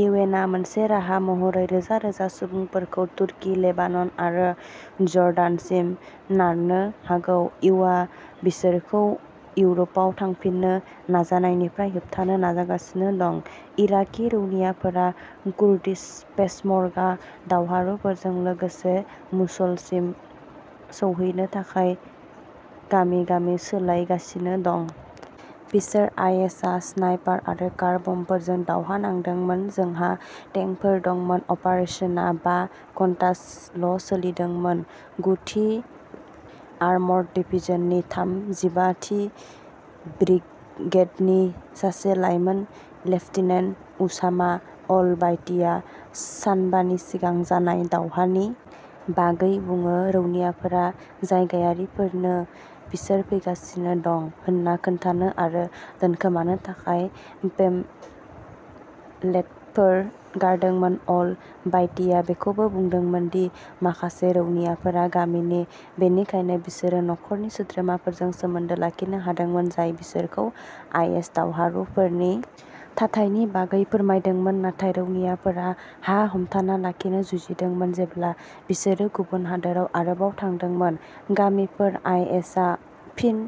U N आ मोनसे राहा महरै रोजा रोजा सुबुंफोरखौ तुर्की लेबानन आरो जर्डानसिम नारनो हागौ इउ आ बिसोरखौ इउर'पआव थांफिननो नाजानायनिफ्राय होबथानो नाजागासिनो दं। इराकी रौनियाफोरा गुर्दिश पेशमर्गा दावहारुफोरजों लोगोसे मसुलसिम सौहैनो थाखाय गामि गामि सोलायगासिनो दं। बिसोर आइएस आ स्नाइपार आरो कार बमफोरजों दावहा नांदोंमोन जोंहा टेंकफोर दंमोन अपारेसनआ बा घन्टाल'सोलिदोंमोन गु थि आर्मर्ड डिभिजननि थाम जिबा थि ब्रिगेडनि सासे लाइमोन लेफ्टिनेन्ट उसामा अल बायतीआ सानबानि सिगां जानाय दावहानि बागै बुङो रौनियाफोरा जायगायारिफोरनो बिसोर फैगासिनो दं होन्ना खोन्थानो आरो दोनखोमानो थाखाय पेम्फलेटफोर गारदोंमोन अल बायतीआ बेखौबो बुंदोंमोन दि माखासे रौनियाफोरा गामिनि बेनिखायनो बिसोरो नखरनि सोद्रोमाफोरजों सोमोन्दो लाखिनो हादोंमोन जाय बिसोरखौ आइएस दावहारुफोरनि थाथायनि बागै फोरमायदोंमोन नाथाय रौनियाफोरा हा हमथाना लाखिनो जुजिदोंमोन जेब्ला बिसोरो गुबुन हादोराव आरोबाव थांदोंमोन गामिफोर आइएसआ फिन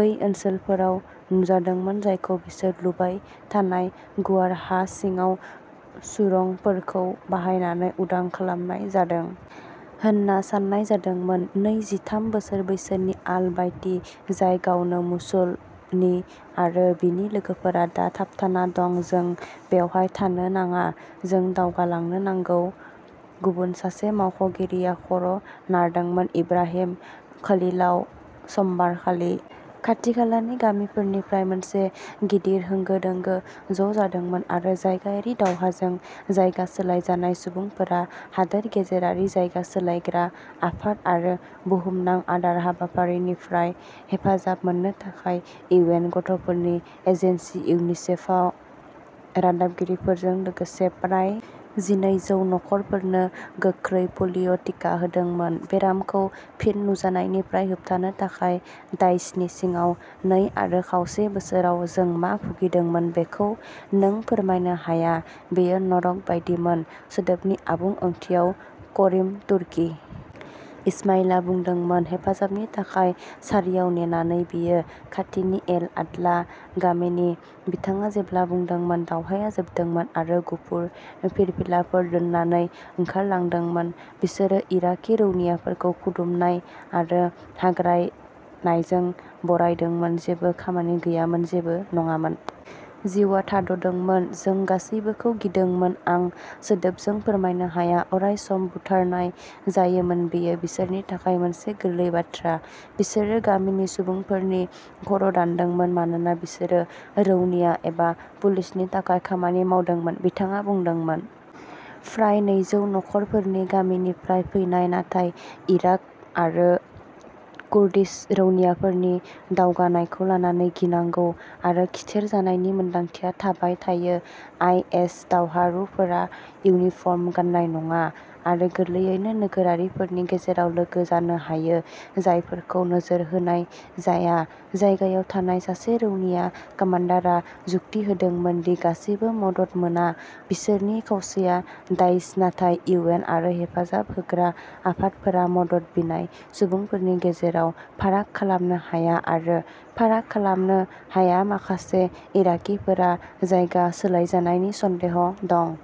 बै ओनसोलफोराव नुजादोंमोन जायखौ बिसोर लुबाय थानाय गुवार हा सिङाव सुरंगफोरखौ बाहायनानै उदां खालामनाय जादों होनना साननाय जादोंमोन नै जिथाम बोसोर बैसोनि आल बायती जाय गावनो मसुलनि आरो बिनि लोगोफोरा दा थाबथाना दं जों बेवहाय थानो नाङा जों दावगालांनो नांगौ गुबुन सासे मावख'गिरिआ खर'नारदोंमोन इब्राहिम खलीलआव समबार खालि खाथिखालानि गामिफोरनिफ्राय मोनसे गिदिर होंगो दोंगो ज'जादोंमोन आरो जायगायारि दावहाजों जायगा सोलायजानाय सुबुंफोरा हादोर गेजेरारि जायगा सोलायग्रा आफाद आरो बुहुमनां आदार हाबाफारिनिफ्राय हेफाजाब मोननो थाखाय इउ एन गथ'फोरनि एजेन्सि इउनिसेफआ रादाबगिरिफोरजों लोगोसे प्राय जिनै जौ नखरफोरनो गोख्रै पलिय टिका होदोंमोन बेरामखौ फिन नुजानायनिफ्राय होबथानो थाखाय दाइशनि सिङाव नै आरो खावसे बोसोराव जों मा भुगिदोंमोन बेखौ नों फोरमायनो हाया बेयो नरक बायदिमोन सोदोबनि आबुं ओंथियाव करिम तुर्कि इसमाइलआ बुंदोंमोन हेफाजाबनि थाखाय सारियाव नेनानै बियो खाथिनि एल आदला गामिनि बिथाङा जेब्ला बुंदोंमोन दावहाया जोबदोंमोन आरो गुफुर फिरफिलाफोर दोननानै ओंखारलांदोंमोन बिसोरो इराकी रौनियाफोरखौ खुदुमनाय आरो हाग्रायनायजों बरायदोंमोन जेबो खामानि गैयामोन जेबो नङामोन जिउआ थाद'दोंमोन जों गासैबोखौ गिदोंमोन आं सोदोबजों फोरमायनो हाया अराय सम बुथारनाय जायोमोन बेयो बिसोरनि थाखाय मोनसे गोरलै बाथ्रा बिसोरो गामिनि सुबुंफोरनि खर'दानदोंमोन मानोना बिसोरो रौनिया एबा पुलिसनि थाखाय खामानि मावदोंमोन बिथाङा बुंदोंमोन फ्राय नैजौ नखरफोरनि गामिनिफ्राय फैनाय नाथाय इराक आरो कुर्दिश रौनियाफोरनि दावगानायखौ लानानै गिनांगौ आरो खिथेर जानायनि मोन्दांथिया थाबाय थायो आइएस दावहारुफोरा इउनिफर्म गान्नाय नङा आरो गोरलैयैनो नोगोरारिफोरनि गेजेराव लोगो जानो हायो जायफोरखौ नोजोर होनाय जाया जायगायाव थानाय सासे रौनिया कामान्डारा जुक्ति होदोंमोन दि गासैबो मदद मोना बिसोरनि खावसेया दाइश नाथाय इउ एन आरो हेफाजाब होग्रा आफादफोरा मदद बिनाय सुबुंफोरनि गेजेराव फाराग खालामनो हाया आरो फाराग खालामनो हाया माखासे इराकीफोरा जायगा सोलायजानायनि सन्देह दं।